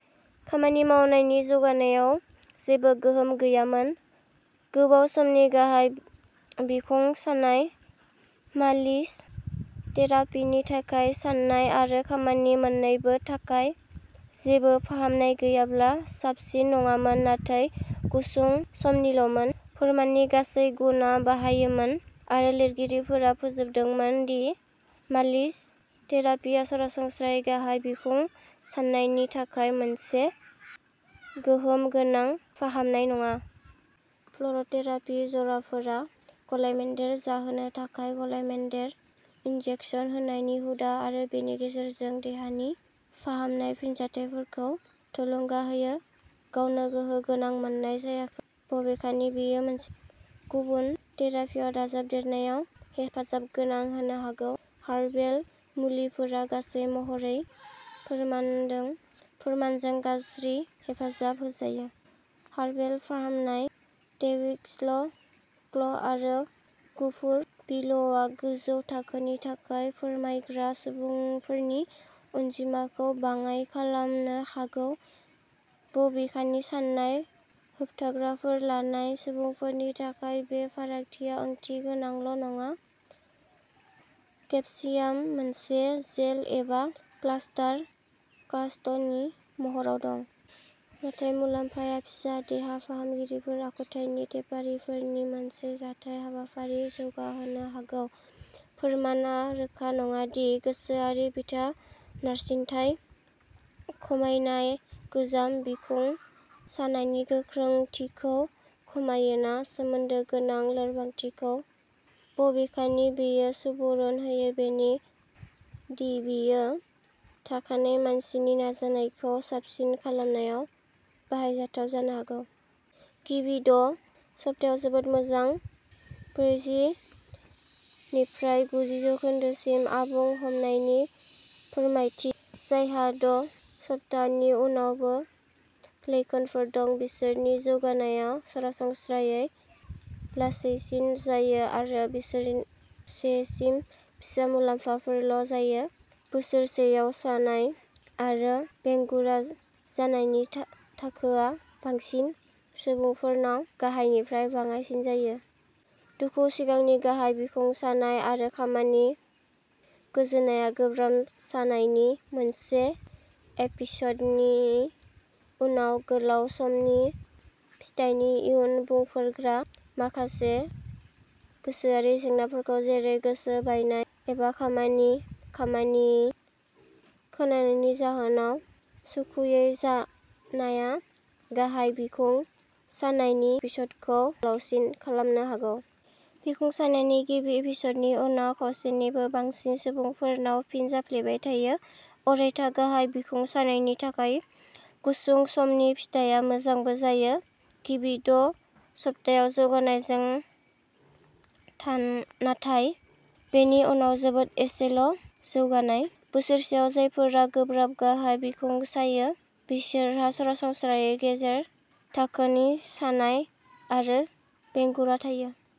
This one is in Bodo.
खामानि मावनायनि जौगानायाव जेबो गोहोम गैयामोन। गोबाव समनि गाहाय बिखुं सानाय मालिस थेरापिनि थाखाय साननाय आरो खामानि मोन्नैबो थाखाय जेबो फाहामनाय गैयाब्ला साबसिन नङामोन, नाथाय गुसुं समनिल'मोन। फोरमाननि गासै गुनआ गाहायमोन आरो लिरगिरिफोरा फोजोबदोंमोन दि मालिस थेरापिआ सरासनस्रायै गाहाय बिखुं साननायनि थाखाय मोनसे गोहोम गोनां फाहामनाय नङा। प्र'ल'थेरापि-जराफोराव गलायमोन्देर जाहोनो थाखाय गलायमोन्देर इनजेकसन होनायनि हुदा आरो बेनि गेजेरजों देहानि फाहामनाय फिनजाथायखौ थुलुंगा होयो, गावनो गोहोम गोनां मोननाय जायाखै, बबेखानि बेयो गुबुन थेरापिआव दाजाबदेरनायाव हेफाजाबगोनां जानो हागौ। हार्बेल मुलिफोरा, गासै महरै, फोरमानदों फोरमानजों गाज्रि हेफाजाब होजायो। हार्बेल फाहामनाय डेविल्स ल क्ल' आरो गुफुर विल'आ गोजौ थाखोनि सानाय फोरमायग्रा सुबुंफोरनि अनजिमाखौ बाङाइ खालामनो हागौ। बबेखानि साननाय होबथाग्राफोर लानाय सुबुंफोरनि थाखाय बे फारागथिया ओंथिगोनां नङा। केपसिआम, मोनसे जेल एबा प्लास्टार कास्ट'नि महराव दं। नाथाय मुलाम्फाया फिसा। देहा फाहामगिरिफोरा आखुथायारि थेफारिफोरनि मोनसे जथाय हाबाफारि जौगाहोनो हागौ। फोरमानआ रोखा नङा दि गोसोआरि बिथा नारसिनथाय खमायनाय गोजाम बिखुं सानायनि गोख्रोंथिखौ खमायो ना सोमोन्दो गोनां लोरबांथिखौ, बबेखानि बेयो सुबुरुन होयो दि बेयो थाखानाय मानसिनि नाजानायखौ साबसिन खालामनायाव बाहायजाथाव जानो हागौ। गिबि द' सप्तायाव जोबोद मोजां, ब्रैजि निफ्राय गुजि जौखोन्दोसिम आबुं हामनायनि फोरमायथि। जायहा द' सप्तानि उनावबो लैखोनफोर दं, बिसोरनि जौगानायआव सरासनस्रायै लासैसिन जायो आरो बिसोरसेसिम फिसा मुलाम्फाफोरल' जायो। बोसोरसेयाव सानाय आरो बेंगुरा जानायनि था थाखोआ बांसिन सुबुंफोरनाव गाहायनिफ्राय बाङाइसिन जायो। दुखु, सिगांनि गाहाय बिखुं सानाय, आरो खामानि गोजोननाया गोब्राब सानायनि मोनसे एपिसदनि उनाव गोलाव समनि फिथायनि इयुन बुंफोरग्रा। माखासे गोसोआरि जेंनाफोर जेरै गोसो बायनाय, एबा खामानि खामानि खोनानायनि जाहोनाव सुखुयै जानाया गाहाय बिखुं सानायनि एपिसडखौ गोलावसिन खालामनो हागौ। बिखुं सानायनि गिबि एपिसडनि उनाव खावसेनिबो बांसिन सुबुंफोरनाव फिन जाफ्लेबाय थायो। अरायथा गाहाय बिखुं सानायनि थाखाय गुसुं समनि फिथाया मोजांबो जायो, गिबि द' सप्तायाव जौगानायजों थान नाथाय बेनि उनाव जोबोद एसेल' जौगानाय। बोसोरसेयाव जायफोरा गोब्राब गाहाय बिखुं सायो बिसोरहा सरासनस्रायै गेजेर थाखोनि सानाय आरो बेंगुरा थायो।